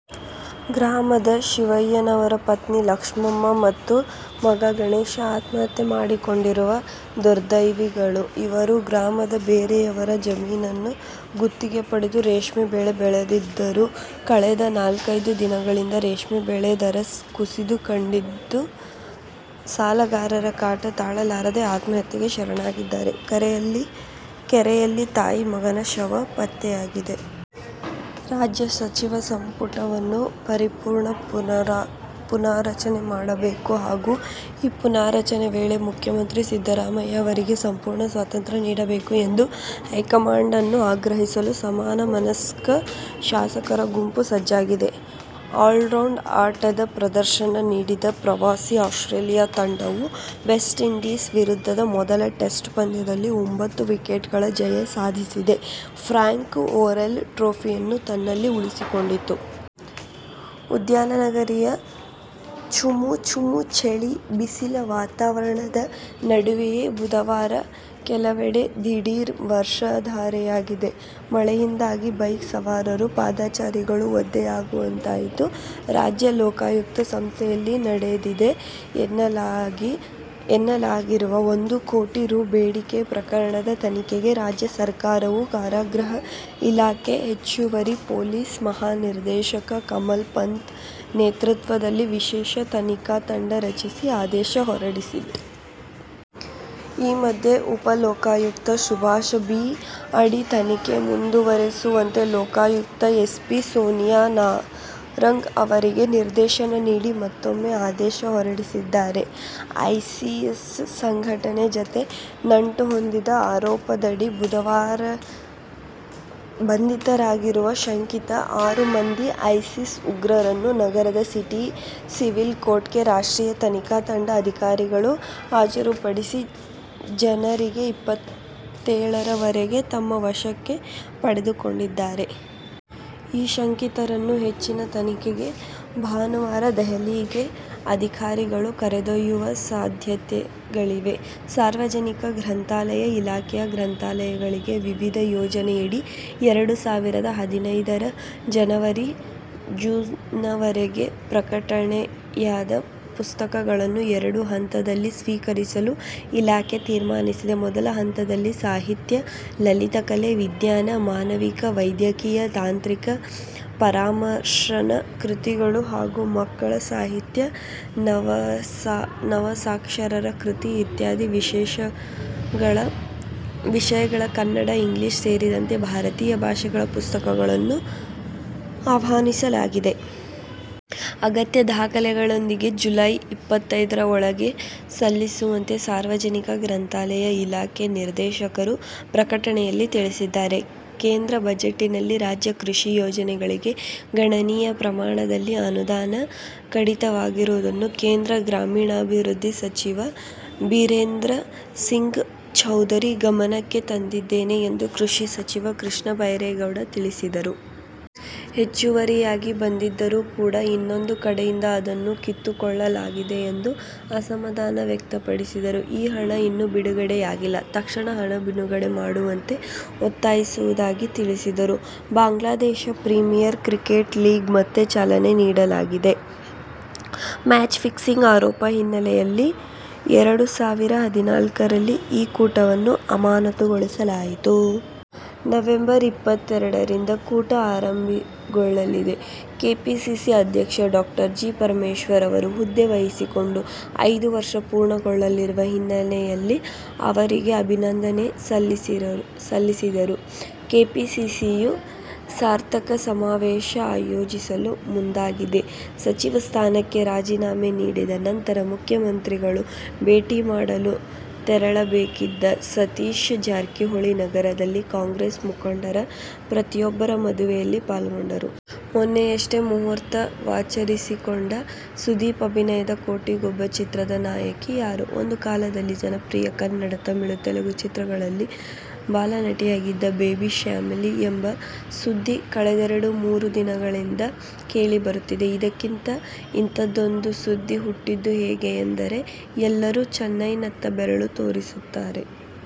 ಗ್ರಾಮದ ಶಿವಯ್ಯನವರ ಪತ್ನಿ ಲಕ್ಷ್ಮಮ್ಮ ಮತ್ತು ಮಗ ಗಣೇಶ ಆತ್ಮಹತ್ಯೆ ಮಾಡಿಕೊಂಡಿರುವ ದುರ್ದೈವಿಗಳು. ಇವರು ಗ್ರಾಮದ ಬೇರೆಯವರ ಜಮೀನನ್ನು ಗುತ್ತಿಗೆ ಪಡೆದು ರೇಷ್ಮೆ ಬೆಳೆ ಬೆಳೆದಿದ್ದರು. ಕಳೆದ ನಾಲ್ಕೈದು ದಿನಗಳಿಂದ ರೇಷ್ಮೆ ಬೆಳೆ ದರ ಕುಸಿತ ಕಂಡಿದ್ದು, ಸಾಲಗಾರರ ಕಾಟ ತಾಳಲಾರದೆ ಆತ್ಮಹತ್ಯೆಗೆ ಶರಣಾಗಿದ್ದಾರೆ. ಕೆರೆಯಲ್ಲಿ ತಾಯಿ, ಮಗನ ಶವ ಪತ್ತೆಯಾಗಿದೆ. ರಾಜ್ಯ ಸಚಿವ ಸಂಪು ಟವನ್ನು ಪರಿಪೂರ್ಣ ಪುನಾರಚನೆ ಮಾಡಬೇಕು ಹಾಗೂ ಈ ಪುನಾರಚನೆ ವೇಳೆ ಮುಖ್ಯ ಮಂತ್ರಿ ಸಿದ್ದರಾಮಯ್ಯ ಅವರಿಗೆ ಸಂಪೂರ್ಣ ಸ್ವಾತಂತ್ರ್ಯ ನೀಡಬೇಕು ಎಂದು ಹೈಕಮಾಂಡನ್ನು ಆಗ್ರಹಿಸಲು ಸಮಾನ ಮನಸ್ಕ ಶಾಸಕರ ಗುಂಪು ಸಜ್ಜಾಗಿದೆ. ಆಲ್ರೌಂಡ್ ಆಟದ ಪ್ರದರ್ಶನ ನೀಡಿದ ಪ್ರವಾಸಿ ಆಸ್ಟ್ರೇಲಿಯ ತಂಡವು ವೆಸ್ಟ್ಇಂಡೀಸ್ ವಿರುದ್ಧದ ಮೊದಲ ಟೆಸ್ಟ್ ಪಂದ್ಯದಲ್ಲಿ ಒಂಬತ್ತು ವಿಕೆಟ್ಗಳ ಜಯ ಸಾಧಿಸಿ ಫ್ರ್ಯಾಂಕ್ ವೊರೆಲ್ ಟ್ರೋಫಿಯನ್ನು ತನ್ನಲ್ಲಿ ಉಳಿಸಿಕೊಂಡಿತು. ಉದ್ಯಾನನಗರಿಯ ಚುಮು, ಚುಮು ಚಳಿ, ಬಿಸಿಲ ವಾತಾವರಣದ ನಡುವೆಯೇ ಬುಧವಾರ ಕೆಲವೆಡೆ ದಿಢೀರ್ ವರ್ಷಧಾರೆಯಾಗಿದೆ. ಮಳೆಯಿಂದಾಗಿ ಬೈಕ್ ಸವಾರರು, ಪಾದಚಾರಿಗಳು ಒದ್ದೆಯಾಗುವಂತಾಯಿತು. ರಾಜ್ಯ ಲೋಕಾಯುಕ್ತ ಸಂಸ್ಥೆಯಲ್ಲಿ ನಡೆದಿದೆ ಎನ್ನಲಾಗಿ ರುವ ಒಂದು ಕೋಟಿ ರೂ. ಬೇಡಿಕೆ ಪ್ರಕರಣದ ತನಿಖೆಗೆ ರಾಜ್ಯ ಸರಕಾರವು ಕಾರಾಗೃಹ ಇಲಾಖೆ ಹೆಚ್ಚುವರಿ ಪೊಲೀಸ್ ಮಹಾ ನಿರ್ದೇಶಕ ಕಮಲ್ ಪಂತ್ ನೇತೃತ್ವದಲ್ಲಿ ವಿಶೇಷ ತನಿಖಾ ತಂಡ ರಚಿಸಿ ಆದೇಶ ಹೊರಡಿಸಿದೆ. ಈ ಮಧ್ಯೆ, ಉಪಲೋಕಾಯುಕ್ತ ಸುಭಾಷ್ ಬಿ. ಅಡಿ ತನಿಖೆ ಮುಂದುವರಿಸುವಂತೆ ಲೋಕಾಯುಕ್ತ ಎಸ್ಪಿ ಸೋನಿಯಾ ನಾರಂಗ್ ಅವರಿಗೆ ನಿರ್ದೇಶನ ನೀಡಿ ಮತ್ತೂಮ್ಮೆ ಆದೇಶ ಹೊರಡಿಸಿದ್ದಾರೆ. ಐಸಿಸ್ ಸಂಘಟನೆ ಜತೆ ನಂಟು ಹೊಂದಿದ ಆರೋಪದಡಿ ಬಂಧಿತರಾಗಿರುವ ಶಂಕಿತ ಆರು ಮಂದಿ ಐಸಿಸ್ ಉಗ್ರರನ್ನು ನಗರದ ಸಿಟಿ ಸಿವಿಲ್ ಕೋರ್ಟ್ಗೆ ರಾಷ್ಟ್ರೀಯ ತನಿಖಾ ತಂಡದ ಅಧಿಕಾರಿಗಳು ಹಾಜರುಪಡಿಸಿ, ಜನವರಿ ಇಪ್ಪತ್ತೇಳರವರೆಗೆ ತಮ್ಮ ವಶಕ್ಕೆ ಪಡೆದುಕೊಂಡಿದ್ದಾರೆ. ಈ ಶಂಕಿತರನ್ನು ಹೆಚ್ಚಿನ ತನಿಖೆಗೆ ಭಾನುವಾರ ದೆಹಲಿಗೆ ಅಧಿಕಾರಿಗಳು ಕರೆದೊಯ್ಯುವ ಸಾಧ್ಯತೆಗಳಿವೆ. ಸಾರ್ವಜನಿಕ ಗ್ರಂಥಾಲಯ ಇಲಾಖೆಯ ಗ್ರಂಥಾಲಯಗಳಿಗೆ ವಿವಿಧ ಯೋಜನೆಯಡಿ ಎರಡು ಸಾವಿರದ ಹದಿನೈದರ ಜನವರಿ-ಜೂನ್ವರೆಗೆ ಪ್ರಕಟಣೆಯಾದ ಪುಸ್ತಕಗಳನ್ನು ಎರಡು ಹಂತಗಳಲ್ಲಿ ಸ್ವೀಕರಿಸಲು ಇಲಾಖೆ ತೀರ್ಮಾನಿಸಿದೆ. ಮೊದಲ ಹಂತದಲ್ಲಿ ಸಾಹಿತ್ಯ, ಲಲಿತಕಲೆ, ವಿಜ್ಞಾನ, ಮಾನವಿಕ, ವೈದ್ಯಕೀಯ, ತಾಂತ್ರಿಕ, ಪರಾಮರ್ಶನ ಕೃತಿಗಳು ಹಾಗೂ ಮಕ್ಕಳ ಸಾಹಿತ್ಯ, ನವಸಾಕ್ಷರರ ಕೃತಿ ಇತ್ಯಾದಿ ವಿಷಯಗಳ ಕನ್ನಡ, ಇಂಗ್ಲಿಷ್ ಸೇರಿದಂತೆ ಭಾರತೀಯ ಭಾಷೆಗಳ ಪುಸ್ತಕಗಳನ್ನು ಆಹ್ವಾನಿಸಲಾಗಿದೆ. ಅಗತ್ಯ ದಾಖಲೆಗಳೊಂದಿಗೆ ಜುಲೈ ಇಪ್ಪತ್ತರೊಳಗೆ ಸಲ್ಲಿಸುವಂತೆ ಸಾರ್ವಜನಿಕ ಗ್ರಂಥಾಲಯ ಇಲಾಖೆ ನಿರ್ದೇಶಕರು ಪ್ರಕಟಣೆಯಲ್ಲಿ ತಿಳಿಸಿದ್ದಾರೆ. ಕೇಂದ್ರ ಬಜೆಟ್ನಲ್ಲಿ ರಾಜ್ಯ ಕೃಷಿ ಯೋಜನೆಗಳಿಗೆ ಗಣನೀಯ ಪ್ರಮಾಣದಲ್ಲಿ ಅನುದಾನ ಕಡಿತವಾಗಿರುವುದನ್ನು ಕೇಂದ್ರ ಗ್ರಾಮೀಣಾಭಿವೃದ್ಧಿ ಸಚಿವ ಬಿರೇಂದ್ರ ಸಿಂಗ್ ಚೌಧರಿ ಗಮನಕ್ಕೆ ತಂದಿದ್ದೇನೆ ಎಂದು ಕೃಷಿ ಸಚಿವ ಕೃಷ್ಣ ಬೈರೇಗೌಡ ತಿಳಿಸಿದರು. ಹೆಚ್ಚುವರಿಯಾಗಿ ಬಂದಿದ್ದರೂ ಕೂಡ ಇನ್ನೊಂದು ಕಡೆಯಿಂದ ಅದನ್ನು ಕಿತ್ತುಕೊಳ್ಳಲಾಗಿದೆ ಎಂದು ಅಸಮಾಧಾನ ವ್ಯಕ್ತಪಡಿಸಿದರು. ಈ ಹಣ ಇನ್ನೂ ಬಿಡುಗಡೆಯಾಗಿಲ್ಲ. ತಕ್ಷಣ ಹಣ ಬಿಡುಗಡೆ ಮಾಡುವಂತೆ ಒತ್ತಾಯಿಸಿರುವುದಾಗಿ ತಿಳಿಸಿದರು. ಬಾಂಗ್ಲಾದೇಶ ಪ್ರೀಮಿಯರ್ ಕ್ರಿಕೆಟ್ ಲೀಗ್ಗೆ ಮತ್ತೆ ಚಾಲನೆ ನೀಡಲಾಗಿದೆ. ಮ್ಯಾಚ್ ಫಿಕ್ಸಿಂಗ್ ಆರೋಪ ಹಿನ್ನೆಲೆಯಲ್ಲಿ ಎರಡು ಸಾವಿರದ ಹದಿನಾಲ್ಕರಲ್ಲಿ ಈ ಕೂಟವನ್ನು ಅಮಾನತುಗೊಳಿಸಲಾಗಿತ್ತು. ನವೆಂಬರ್ ಇಪ್ಪತ್ತೆರಡರಿಂದ ಕೂಟ ಆರಂಭಗೊಳ್ಳಲಿದೆ. ಕೆಪಿಸಿಸಿ ಅಧ್ಯಕ್ಷ ಡಾ ಜಿ. ಪರಮೇಶ್ವರ್ ಅವರು ಹುದ್ದೆ ವಹಿಸಿಕೊಂಡು ಐದು ವರ್ಷ ಪೂರ್ಣಗೊಳ್ಳಲಿರುವ ಹಿನ್ನೆಲೆಯಲ್ಲಿ ಅವರಿಗೆ ಅಭಿನಂದನೆ ಸಲ್ಲಿಸಲು ಕೆಪಿಸಿಸಿಯು ಸಾರ್ಥಕ ಸಮಾವೇಶ ಆಯೋಜಿಸಲು ಮುಂದಾಗಿದೆ. ಸಚಿವ ಸ್ಥಾನಕ್ಕೆ ರಾಜೀನಾಮೆ ನೀಡಿದ ನಂತರ ಮುಖ್ಯಮಂತ್ರಿಗಳನ್ನು ಭೇಟಿ ಮಾಡಲು ತೆರಳಬೇಕಿದ್ದ ಸತೀಶ ಜಾರಕಿಹೊಳಿ ನಗರದಲ್ಲಿ ಕಾಂಗ್ರೆಸ್ ಮುಖಂಡರ ಪತ್ರರೊಬ್ಬರ ಮದುವೆಯಲ್ಲಿ ಪಾಲ್ಗೊಂಡರು. ಮೊನ್ನೆಯಷ್ಟೇ ಮುಹೂರ್ತ ವಾಚರಿಸಿಕೊಂಡ ಸುದೀಪ್ ಅಭಿನಯದ "ಕೋಟಿಗೊಬ್ಬ' ಚಿತ್ರದ ನಾಯಕಿ ಯಾರು? ಒಂದು ಕಾಲದಲ್ಲಿ ಜನಪ್ರಿಯ ಕನ್ನಡ, ತಮಿಳು, ತೆಲುಗು ಚಿತ್ರಗಳಲ್ಲಿ ಬಾಲನಟಿಯಾಗಿದ್ದ ಬೇಬಿ ಶ್ಯಾಮಿಲಿ ಎಂಬ ಸುದ್ದಿ ಕಳೆದೆರೆಡು ಮೂರು ದಿನಗಳಿಂದ ಕೇಳಿ ಬರುತ್ತಿದೆ. ಇದಕ್ಕಿದ್ದಂತೆ ಇಂಥದ್ದೊಂದು ಸುದ್ದಿ ಹುಟ್ಟಿದ್ದು ಹೇಗೆ ಎಂದರೆ ಎಲ್ಲರೂ ಚೆನ್ನೈನತ್ತ ಬೆರಳು ತೋರಿಸುತ್ತಾರೆ.